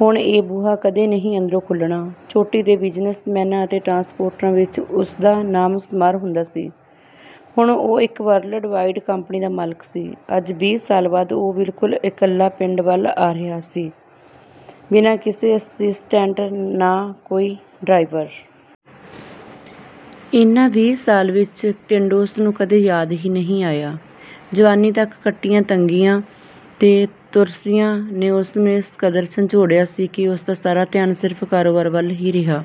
ਹੁਣ ਇਹ ਬੂਹਾ ਕਦੇ ਨਹੀ ਅੰਦਰੋ ਖੁੱਲਣਾ। ਚੋਟੀ ਦੇ ਬਿਜ਼ਨਸਮੈਨਾਂ ਅਤੇ ਟਰਾਂਸਪੋਰਟਰਾਂ ਵਿੱਚ ਉਸਦਾ ਨਾਮ ਸ਼ੁਮਾਰ ਹੁੰਦਾ ਸੀ। ਹੁਣ ਉਹ ਇੱਕ ਵਰਲਡ-ਵਾਈਡ ਕੰਪਨੀ ਦਾ ਮਾਲਕ ਸੀ। ਅੱਜ ਵੀਹ ਸਾਲਾ ਬਾਅਦ ਉਹ ਬਿਲਕੁਲ ਇਕੱਲਾ ਪਿੰਡ ਵੱਲ ਆ ਰਿਹਾ ਸੀ ਬਿਨਾ ਕਿਸੇ ਅਸਿਸਟੈਂਟ, ਨਾ ਕੋਈ ਡਰਾਇਵਰ। ਇਨ੍ਹਾਂ ਵੀਹ ਸਾਲਾਂ ਵਿੱਚ ਪਿੰਡੂ ਉਸਨੂੰ ਕਦੇ ਯਾਦ ਹੀ ਨਹੀਂ ਆਇਆ। ਜਵਾਨੀ ਤੱਕ ਕੱਟੀਆਂ ਤੰਗੀਆਂ ਤੇ ਤੁਰਸ਼ੀਆਂ ਨੇ ਉਸਨੂੰ ਇਸ ਕਦਰ ਝੰਜੋੜਿਆ ਸੀ ਕਿ ਉਸਦਾ ਸਾਰਾ ਧਿਆਨ ਸਿਰਫ਼ ਕਾਰੋਬਾਰ ਵੱਲ ਹੀ ਰਿਹਾ।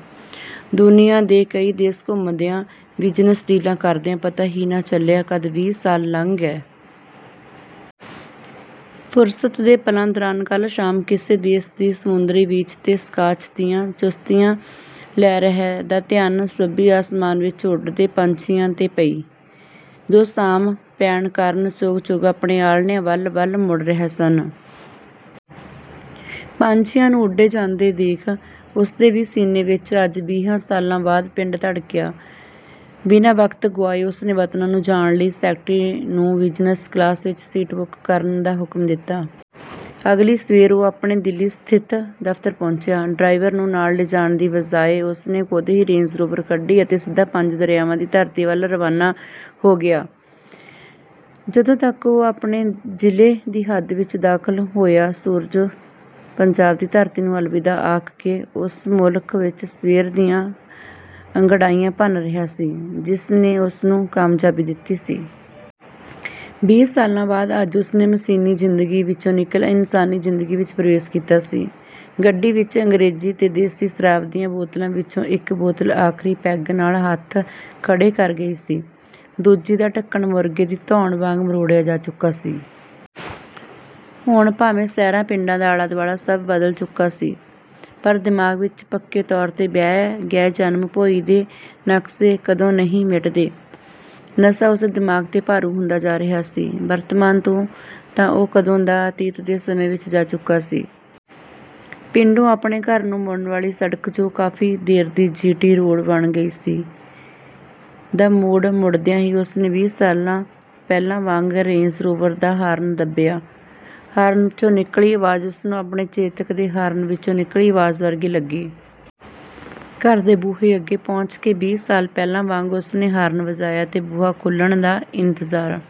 ਦੁਨੀਆ ਦੇ ਕਈ ਦੇਸ਼ ਘੁੰਮਦਿਆ, ਬਿਜਨਸ਼ ਡੀਲ਼ਾ ਕਰਦਿਆ ਪਤਾ ਹੀ ਨਾ ਚੱਲਿਆ ਕਦ ਵੀਹ ਸਾਲ ਲੰਘ ਗਏ।। ਫੁਰਸਤ ਦੇ ਪਲਾ ਦੌਰਾਨ ਕੱਲ ਸ਼ਾਮ ਕਿਸੇ ਦੇਸ਼ ਦੀ ਸਮੁੰਦਰੀ ਬੀਚ ਤੇ ਸਕਾੱਚ ਦੀਆ ਚੁਸਕੀਆ ਲੈ ਰਹੇ ਦਾ ਧਿਆਨ ਸਬੱਬੀ ਅਸਮਾਨ ਵਿੱਚ ਉੱਡਦੇ ਪੰਛੀਆ ਤੇ ਪਈ, ਜੋ ਸ਼ਾਮ ਪੈਣ ਕਾਰਨ ਚੋਗ ਚੁਗ ਆਪਣੇ ਆਲਣਿਆ ਵੱਲ ਵੱਲ ਮੁੜ ਰਹੇ ਸਨ। ਪੰਛੀਆ ਨੂੰ ਉੱਡੇ ਜਾਂਦੇ ਦੇਖ ਉਸਦੇ ਵੀ ਸੀਨੇ ਵਿੱਚ ਅੱਜ ਵੀਹਾਂ ਸਾਲਾ ਬਾਅਦ ਪਿੰਡ ਧੜਕਿਆ, ਬਿਨਾ ਵਕਤ ਗੁਆਏ ਉਸਨੇ ਵਤਨਾਂ ਨੂੰ ਜਾਣ ਲਈ ਸੈਕੇਟਰੀ ਨੂੰ ਬਿਜਨਸ਼ ਕਲਾਸ ਵਿੱਚ ਸੀਟ ਬੁੱਕ ਕਰਨ ਦਾ ਹੁਕਮ ਦਿੱਤਾ। ਅਗਲੀ ਸਵੇਰ ਉਹ ਆਪਣੇ ਦਿੱਲੀ ਸਥਿਤ ਦਫ਼ਤਰ ਪਹੁੰਚਿਆ, ਡਰਾਈਵਰ ਨੂੰ ਨਾਲ ਲਿਜਾਣ ਦੀ ਬਜਾਏ ਉਸਨੇ ਖੁਦ ਹੀ ਰੇਂਜ ਰੋਵਰ ਕੱਢੀ ਅਤੇ ਸਿੱਧਾ ਪੰਜ ਦਰਿਆਵਾਂ ਦੀ ਧਰਤੀ ਵੱਲ ਰਵਾਨਾ ਹੋ ਗਿਆ। ਜਦੋਂ ਤੱਕ ਉਹ ਆਪਣੇ ਜ਼ਿਲ੍ਹੇ ਦੀ ਹੱਦ ਵਿੱਚ ਦਾਖ਼ਲ ਹੋਇਆ, ਸੂਰਜ ਪੰਜਾਬ ਦੀ ਧਰਤੀ ਨੂੰ ਅਲਵਿਦਾ ਆਖ ਕੇ ਉਸ ਮੁਲਕ ਵਿੱਚ ਸਵੇਰ ਦੀਆਂ ਅੰਗੜਾਈਆਂ ਭੰਨ ਰਿਹਾ ਸੀ, ਜਿਸ ਨੇ ਉਸਨੂੰ ਕਾਮਯਾਬੀ ਦਿੱਤੀ ਸੀ। ਵੀਹ ਸਾਲਾ ਬਾਅਦ ਅੱਜ ਉਸਨੇ ਮਸ਼ੀਨੀ ਜ਼ਿੰਦਗੀ ਵਿੱਚੋ ਨਿੱਕਲ ਇੰਨਸਾਨੀ ਜ਼ਿੰਦਗੀ ਵਿੱਚ ਪ੍ਰਵੇਸ਼ ਕੀਤਾ ਸੀ। ਗੱਡੀ ਵਿੱਚ ਅੰਗਰੇਜ਼ੀ ਤੇ ਦੇਸੀ ਸ਼ਰਾਬ ਦੀਆਂ ਬੋਤਲਾਂ ਵਿੱਚੋ ਇੱਕ ਬੋਤਲ ਆਖਰੀ ਪੈੱਗ ਨਾਲ ਹੱਥ ਖੜੇ ਕਰ ਗਈ ਸੀ, ਦੂਜੀ ਦਾ ਢੱਕਣ ਮੁਰਗ਼ੇ ਦੀ ਧੌਣ ਵਾਂਗ ਮਰੋੜਿਆ ਜਾ ਚੁੱਕਾ ਸੀ। ਹੁਣ ਭਾਵੇਂ ਸ਼ਹਿਰਾਂ ਪਿੰਡਾਂ ਦਾ ਆਲਾ ਦੁਆਲਾ ਸਭ ਬਦਲ ਚੁੱਕਾ ਸੀ ਪਰ ਦਿਮਾਗ ਵਿੱਚ ਪੱਕੇ ਤੌਰ ਤੇ ਵਹਿ ਗਏ ਜਨਮ ਭੋਇੰ ਦੇ ਨਕਸ਼ੇ ਕਦੋ ਨਹੀਂ ਮਿਟਦੇ। ਨਸ਼ਾ ਉਸਦੇ ਦਿਮਾਗ ਤੇ ਭਾਰੂ ਹੁੰਦਾ ਜਾ ਰਿਹਾ ਸੀ, ਵਰਤਮਾਨ ਤੋਂ ਤਾਂ ਉਹ ਕਦੋ ਦਾ ਅਤੀਤ ਦੇ ਸਮੇਂ ਵਿੱਚ ਜਾ ਚੁੱਕਾ ਸੀ। ਪਿੰਡੋਂ ਆਪਣੇ ਘਰ ਨੂੰ ਮੁੜਣ ਵਾਲੀ ਸੜਕ ਜੋ ਕਾਫ਼ੀ ਦੇਰ ਦੀ ਜੀ ਟੀ ਰੋਡ ਬਣ ਗਈ ਸੀ ਦਾ ਮੋੜ ਮੁੜਦਿਆ ਹੀ ਉਸਨੇ ਵੀਹ ਸਾਲਾ ਪਹਿਲਾ ਵਾਂਗ ਰੇਂਜ ਰੋਵਰ ਦਾ ਹਾਰਨ ਦੱਬਿਆ, ਹਾਰਨ ਚੋ ਨਿੱਕਲੀ ਅਵਾਜ ਉਸਨੂੰ ਆਪਣੇ ਚੇਤਕ ਦੇ ਹਾਰਨ ਵਿੱਚੋ ਨਿੱਕਲੀ ਅਵਾਜ ਵਰਗੀ ਲੱਗੀ। ਘਰਦੇ ਦੇ ਬੂਹੇ ਅੱਗੇ ਪਹੁੰਚ ਕੇ ਵੀਹ ਸਾਲ ਪਹਿਲਾ ਵਾਂਗ ਉਸਨੇ ਹਾਰਨ ਵਜਾਇਆ ਤੇ ਬੂਹਾ ਖੁੱਲਣ ਦਾ ਇੰਤਜਾਰ